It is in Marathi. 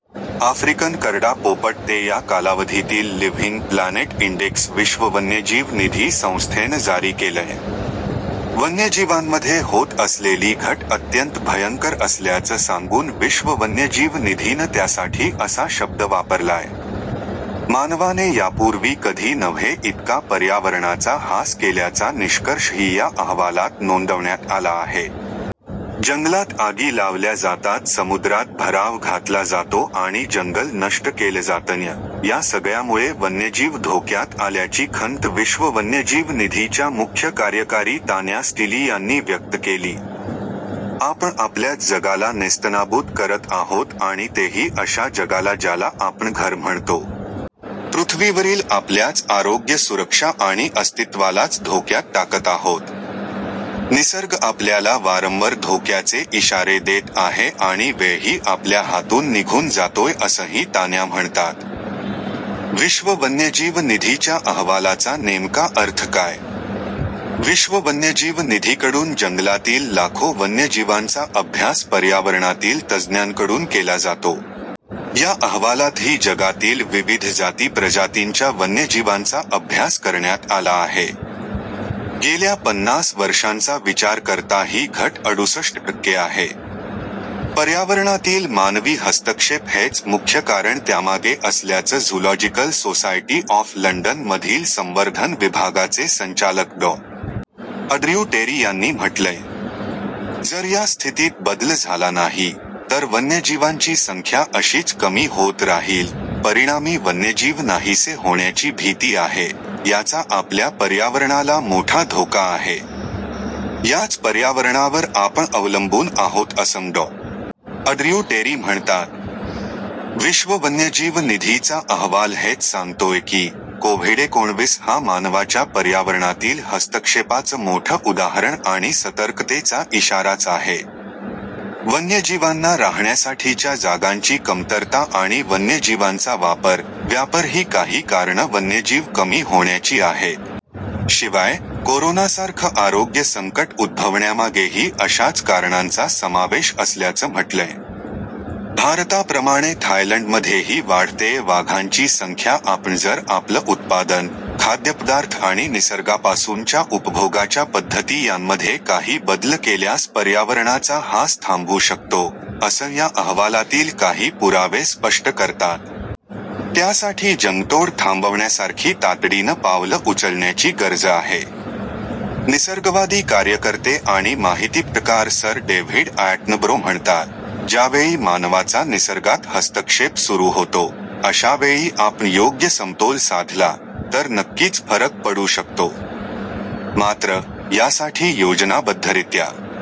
आफ्रिकन करडा पोपट ते या कालावधीतील 'लिव्हिंग प्लॅनेट इंडेक्स' विश्व वन्यजीव निधी संस्थेनं जारी केलंय. वन्यजीवांमध्ये होत असलेली घट अत्यंत भयंकर असल्याचं सांगून विश्व वन्यजीव निधीनं त्यासाठी असा शब्द वापरलाय. मानवाने यापूर्वी कधी नव्हे इतका पर्यावरणाचा ऱ्हास केल्याचा निष्कर्षही या अहवालात नोंदवण्यात आला आहे. जंगलात आगी लावल्या जातात समुद्रात भराव घातला जातो आणि जंगल नष्ट केलं जातंय, या सगळ्यामुळे वन्यजीव धोक्यात आल्याची खंत विश्व वन्यजीव निधीच्या मुख्य कार्यकारी तान्या स्टिली यांनी व्यक्त केली. आपण आपल्याच जगाला नेस्तनाबूत करत आहोत आणि तेही अशा जगाला ज्याला आपण घर म्हणतो. पृथ्वीवरील आपलयाच आरोग्य सुरक्षा आणि अस्तित्त्वालाच धोक्यात टाकत आहोत. निसर्ग आपल्याला वारंवर धोक्याचे इशारे देत आहे आणि वेळही आपल्या हातून निघून जातोय असंही तान्या म्हणतात. विश्व वन्यजीव निधीच्या अहवालाचा नेमका अर्थ काय? विश्व वन्यजीव निधीकडून जंगलातील लाखो वन्यजीवांचा अभ्यास पर्यावरणातील तज्ज्ञांकडून केला जातो. या अहवालातही जगातील विविध जाती-प्रजातींच्या वन्यजीवांचा अभ्यास करण्यात आला आहे. गेल्या पन्नास वर्षांचा विचार करता ही घट अडुसष्ट टक्के आहे. पर्यावरणातील मानवी हस्तक्षेप हेच मुख्य कारण त्यामागे असल्याचं झूलॉजिकल सोसायटी ऑफ लंडन मधील संवर्धन विभागाचे संचालक डॉ. अँड्र्यू टेरी यांनी म्हटलंय. जर या स्थितीत बदल झाला नाही, तर वन्यजीवांची संख्या अशीच कमी होत राहील, परिणामी वन्यजीव नाहीसे होण्याची भीती आहे, याचा आपल्या पर्यावरणाला मोठा धोका आहे. याच पर्यावरणावर आपण अवलंबून आहोत असं डॉ. अँड्र्यू टेरी म्हणतात. विश्व वन्यजीव निधीचा अहवाल हेच सांगतोय की, कोव्हिड-एकोणविस हा मानवाच्या पर्यावरणातील हस्तक्षेपाचं मोठं उदाहरण आणि सतर्कतेचा इशाराच आहे. वन्यजीवांना राहण्यासाठीच्या जागांची कमतरता आणि वन्यजीवांचा वापर, व्यापर ही काही कारणं वन्यजीव कमी होण्याची आहेत. शिवाय, कोरोनासारखं आरोग्य संकट उद्भवण्यामागेही अशाच कारणांचा समावेश असल्याचं म्हटलंय. भारताप्रमाणे थायलंडमध्येही वाढतेय वाघांची संख्या आपण जर आपलं उत्पादन, खाद्यपदार्थ आणि निसर्गापासूनच्या उपभोगाच्या पद्धती यांमध्ये काही बदल केल्यास पर्यावरणाचा ऱ्हास थांबवू शकतो, असं या अहवालातील काही पुरावे स्पष्ट करतात. त्यासाठी जंगतोड थांबवण्यासारखी तातडीनं पावलं उचलण्याची गरज आहे. निसर्गवादी कार्यकर्ते आणि माहितीपटकार सर डेव्हिड अॅटनबरो म्हणतात, ज्यावेळी मानवाचा निसर्गात हस्तक्षेप सुरू होतो, अशावेळी आपण योग्य समतोल साधला, तर नक्कीच फरक पडू शकतो. मात्र, यासाठी योजनाबद्धरित्या